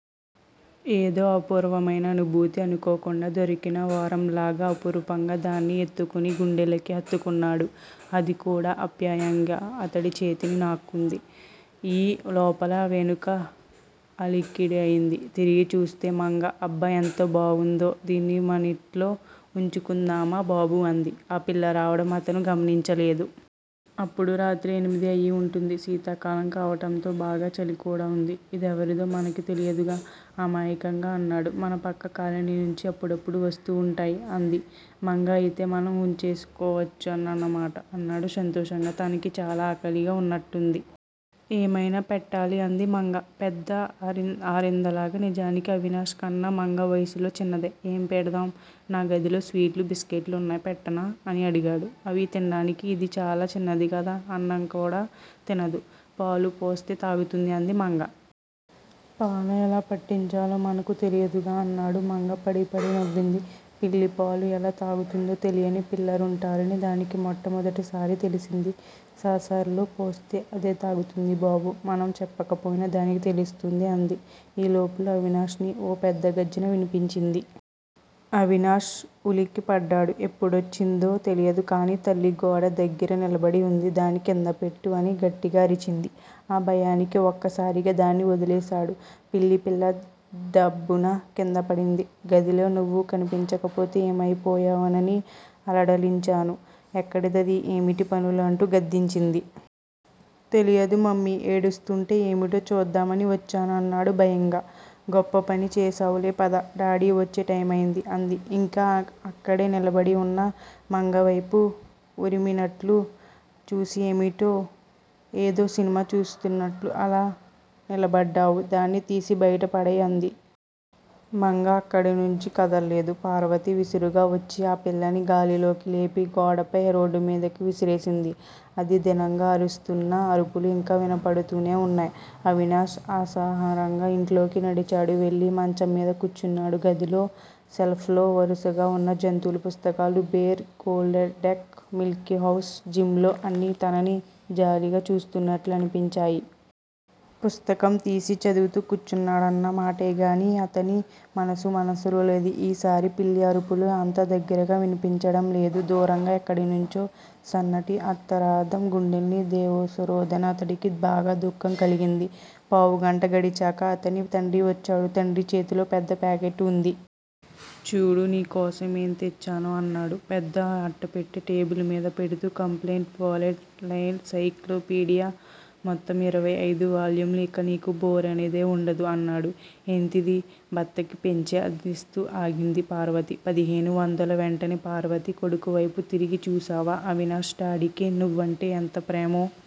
ఏదో అపూర్వమైన అనుభూతి. అనుకోకుండా దొరికిన వరంలాగా అపురూపంగా దాన్ని ఎత్తుకొని గుండెలకి హత్తుకున్నాడు. అదికూడా ఆప్యాయంగా అతడి చేతిని నాకుతోంది. ఈ లోపల వెనుక అలికిడయింది. తిరిగి చూస్తే మంగ. అబ్బ ఎంత బావుందో, దీన్ని మనింట్లో వుంచుకుందామా బాబూ అంది. ఆ పిల్ల రావడం అతను గమనించలేదు. అప్పుడు రాత్రి ఎనిమిది అయి వుంటుంది. శీతాకాలం కావటంతో బాగా చలికూడా వుంది. ఇదెవరిదో మనకి తెలీదుగా అమాయకంగా అన్నాడు. మన పక్క కాలనీ నుంచి అప్పుడప్పుడు వస్తూ వుంటాయి అంది మంగా. అయితే మనం వుంచేసుకోవచ్చన్నమాట అన్నాడు సంతోషంగా. తనకి చాలా ఆకలిగా వున్నట్లుంది. ఏమైనా పెట్టాలి అంది మంగ పెద్ద ఆరిందలాగ. నిజానికి అవినాష్ కన్నా మంగ వయసులో చిన్నదే. ఏం పెడదాం. నా గదిలో స్వీట్లూ, బిస్కట్లు వున్నాయి పెట్టనా అని అడిగాడు. అవి తింటానికి ఇది చాలా చిన్నదికదా! అన్నంకూడా తినదు. పాలుపోస్తే తాగుతుంది అంది మంగ. పాలా? ఎలా పట్టించాలో మనకు తెలీదుగా! అన్నాడు. మంగ పడీ పడీ నవ్వింది. పిల్లి పాలు ఎలా తాగుతుందో తెలియని పిల్ల లుంటారని దానికి మొట్టమొదటి సారి తెలిసింది. సాసర్ లో పోస్తే అదే తాగుతుంది బాబూ. మనం చెప్పకపోయినా దానికి తెలుస్తుంది అంది. ఈ లోపులో అవినాష్ అని ఓ పెద్ద గర్జన వినిపించింది. అవినాష్ ఉలిక్కిపడ్డాడు. ఎప్పుడొచ్చిందో తెలియదు కాని తల్లి గోడ దగ్గిర నిలబడి వుంది. దాన్ని కిందపెట్టు అని గట్టిగా అరిచింది. ఆ భయానికి ఒక్కసారిగా దాన్ని వదిలేశాడు. పిల్లి పిల్ల దబ్బున కిందపడింది. గదిలో నువ్వు కనిపించకపోతే ఏమైపోయావోనని హడలిచచ్చాను. ఎక్కడిదది? ఏమిటీ పనులు? అంటూ గద్దించింది. తెలీదు మమ్మీ. ఏడుస్తూంటే ఏమిటో చూద్దామని వచ్చాను అన్నాడు భయంగా. గొప్ప పని చేశావులే పద. డాడీ వచ్చే టైమయ్యింది అంది. ఇంకా అక్కడే నిలబడివున్న మంగవైపు వురిమినట్లు చూసి ఏమిటే, ఏదో సినిమా చూస్తూన్నట్లు అలా నిలబడ్డావు. దాన్ని తీసి బయట పడేయి అంది. మంగ అక్కడనుంచి కదలలేదు. పార్వతి విసురుగా వచ్చి ఆ పిల్లిని గాలిలోకి లేపి గోడపై రోడ్డుమీదకి విసిరేసింది. అది దీనంగా అరుస్తున్న అరుపులు ఇంకా వినపడుతూనే వున్నాయి. అవినాష్ అసహనంగా ఇంట్లోకి నడిచాడు, వెళ్ళి మంచంమీద కూర్చున్నాడు. గదిలో షెల్ఫ్ లో వరుసగా వున్న జంతువుల పుస్తకాలు 'bear', 'Donald duck' 'Mickey Mouse' 'Jim లో' అన్నీ తనని జాలిగా చూస్తున్నట్లు అనిపించాయి. పుస్తకం తీసి చదువుతూ కూర్చున్నాడన్న మాటేగాని అతని మనసు మనసులో లేదు. ఈసారి పిల్లి అరుపులు అంత దగ్గరగా వినిపించడంలేదు. దూరంగా ఎక్కడినుంచో సన్నటి ఆర్తనాదం, గుండెల్ని దేవేసేరోదన, అతడికి బాగా దుఃఖం కలిగింది. పావుగంట గడిచాక అతని తండ్రి వచ్చాడు. తండ్రి చేతిలో పెద్ద ప్యాకెట్ వుంది. చూడు నీకోసం ఏం తెచ్చానో అన్నాడు. పెద్ద అట్టపెట్టె టేబుల్ మీద పెడుతూ. Complete world encyclopedia. మొత్తం ఇరవై అయిదు వాల్యూమ్స్. ఇక నీకు బోరనేదే వుండదు అన్నాడు. ఎంతిది? భర్తకి పంచె అందిస్తూ అడిగింది పార్వతి. పదిహేను వందలు. వెంటనే పార్వతి కొడుకువైపు తిరిగి చూశావా అవినాష్, డాడీకి నువ్వంటే ఎంత ప్రేమో!